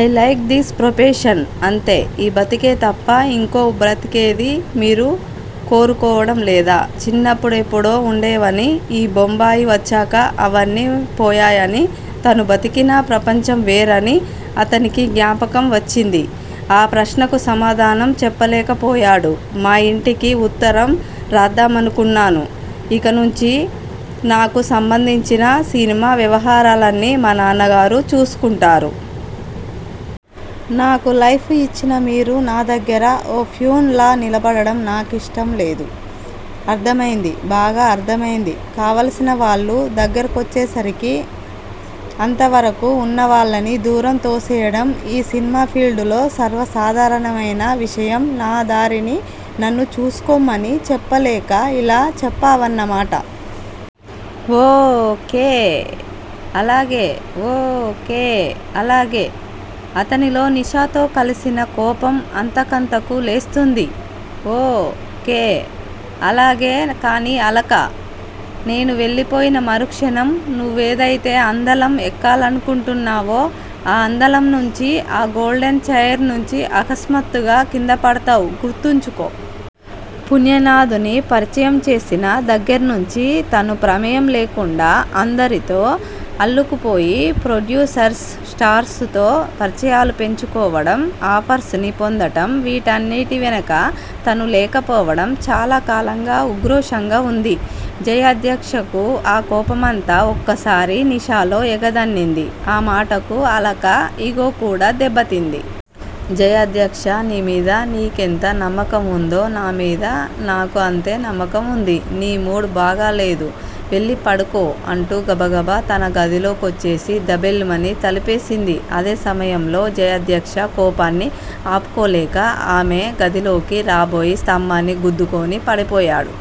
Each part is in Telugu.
I like this profession. అంతే! ఈ బతుకే తప్ప ఇంకో బతుకేదీ మీరు కోరుకోవడం లేదా? చిన్నప్పుడెప్పుడో వుండేవని, ఈ బొంబాయి వచ్చాక అవ్వన్నీ పోయాయని, తను బతికిన ప్రపంచం వేరని అతనికి జ్ఞాపకం వచ్చింది ఆ ప్రశ్నకు సమాధానం చెప్పలేక పోయాడు. మా ఇంటికి ఉత్తరం రాద్దామనుకుంటున్నాను ఇకనుంచి నాకు సంబంధించిన సినిమా వ్యవహారాలన్నీ మా నాన్నగారు చూసుకుంటారు. నాకు లైఫ్ ఇచ్చిన మీరు నా దగ్గర ఓ ఫ్యూన్ లా నిలబడటం నా కిష్టంలేదు. అర్ధమైంది బాగా అర్దమైంది కావలసినవాళ్ళు దగ్గరకొచ్చేసరికి, అంతవరకూ వున్న వాళ్ళని దూరంగా తోసేయడం ఈ సిన్మా ఫీల్డులో సర్వసాధారణమైన విషయం నా దారిని నన్ను చూసుకోమని చెప్పలేక ఇలా చెప్పావన్న మాట. ఓ. కే. అలక ఓ. కే! అలాగే అతనిలో నిషాతో కల్సిన కోపం అంతకంతకూ లేస్తోంది. ఓ. కే. అలాగే కానీ అలకా! నేను వెళ్ళిపోయినా మరుక్షణం నువ్వేదయితే అందలం ఎక్కాలనుకుంటున్నావో ఆ అందలం నుంచి, ఆ గోల్డెన్ చైర్ నుంచి అకస్మాత్తుగా కిందపడతావ్ గుర్తుంచుకో. పుణ్యనాధ్ ని పరిచయం చేసిన దగ్గర్నించి, తన ప్రమేయం లేకుండా అందరితో అల్లుకుపోయి, ప్రొడ్యూసర్స్, స్టార్స్ తో పరిచయాలు పెంచుకోవడం, ఆఫర్స్ ని పొందడం, వీటన్నిటి వెనకా తను లేకపోవడం చాలా కాలంగా ఉక్రోషంగా వుంది జయాధ్యక్షకు ఆ కోపమంతా ఒక్కసారి నిషాలో ఎగదన్నింది. ఆ మాటకు అలక ఇగోకూడా దెబ్బతింది. జయాధ్యక్ష! నీమీద నీకెంత నమ్మకం వుందో, నా మీద నాకూ అంతే నమ్మకం వుంది. నీ మూడ్ బాగాలేదు. వెళ్ళి పడుకో అంటూ గబగబా తన గదిలో కొచ్చేసి ధబేల్ మని తలుపేసింది. అదే సమయంలో జయాధ్యక్ష కోపాన్ని ఆపుకోలేక ఆమె గదిలోకి రాబోయి స్థంభాన్ని గుద్దుకుని పడిపోయాడు.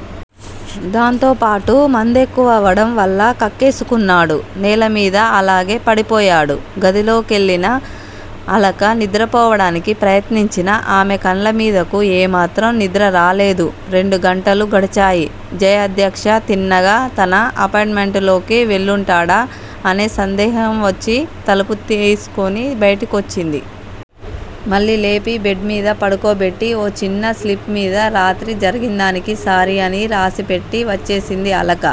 దాంతోపాటు మందెక్కువవడం వల్ల కక్కేసుకున్నాడు. నేలమీద అలాగే పడిపోయాడు. గదిలోకెళ్ళిన అలక నిద్రపోడానికి ప్రయత్నించినా ఆమె కళ్ళ మీదకు ఏమాత్రం నిద్ర రాలేదు. రెండు గంటలు గడిచాయి. జయాధ్యక్ష తిన్నగా తన అపార్ట్ మెంట్ లోకి వెళ్ళుంటాడా అనే సందేహం వచ్చి, తలుపు తీసుకుని బయటకొచ్చింది. మళ్ళీ లేపి బెడ్ మీద పడుకోబెట్టీ, ఓ చిన్న స్లిప్ మీద రాత్రి జరిగిందానికి సారీ అని రాసిపెట్టి వచ్చేసింది అలక.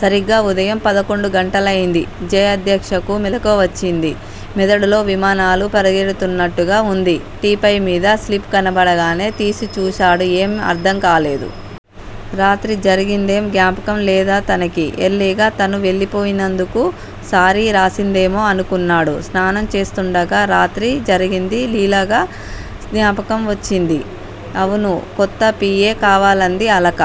సరిగ్గా ఉదయం పదకొండు గంటలయింది. జయాధ్యక్షకు మెలకువ వచ్చింది. మెదడులో విమానాలు పరిగెడుతున్నట్టుగా వుంది. టీపాయ్ మీద స్లిప్ కనబడగానే తీసి చూసాడు ఏం అర్ధంకాలేదు. రాత్రి జరిగిందేం జ్ఞాపకం లేదతనికి. ఎర్లీగా తను వెళ్ళిపోయినందుకు సారీ రాసిందేమో అనుకున్నాడు. స్నానం చేస్తుండగా రాత్రి జరిగింది లీలగా జ్ఞాపకం వచ్చింది. అవును కొత్త పి. ఏ కావాలంది అలక.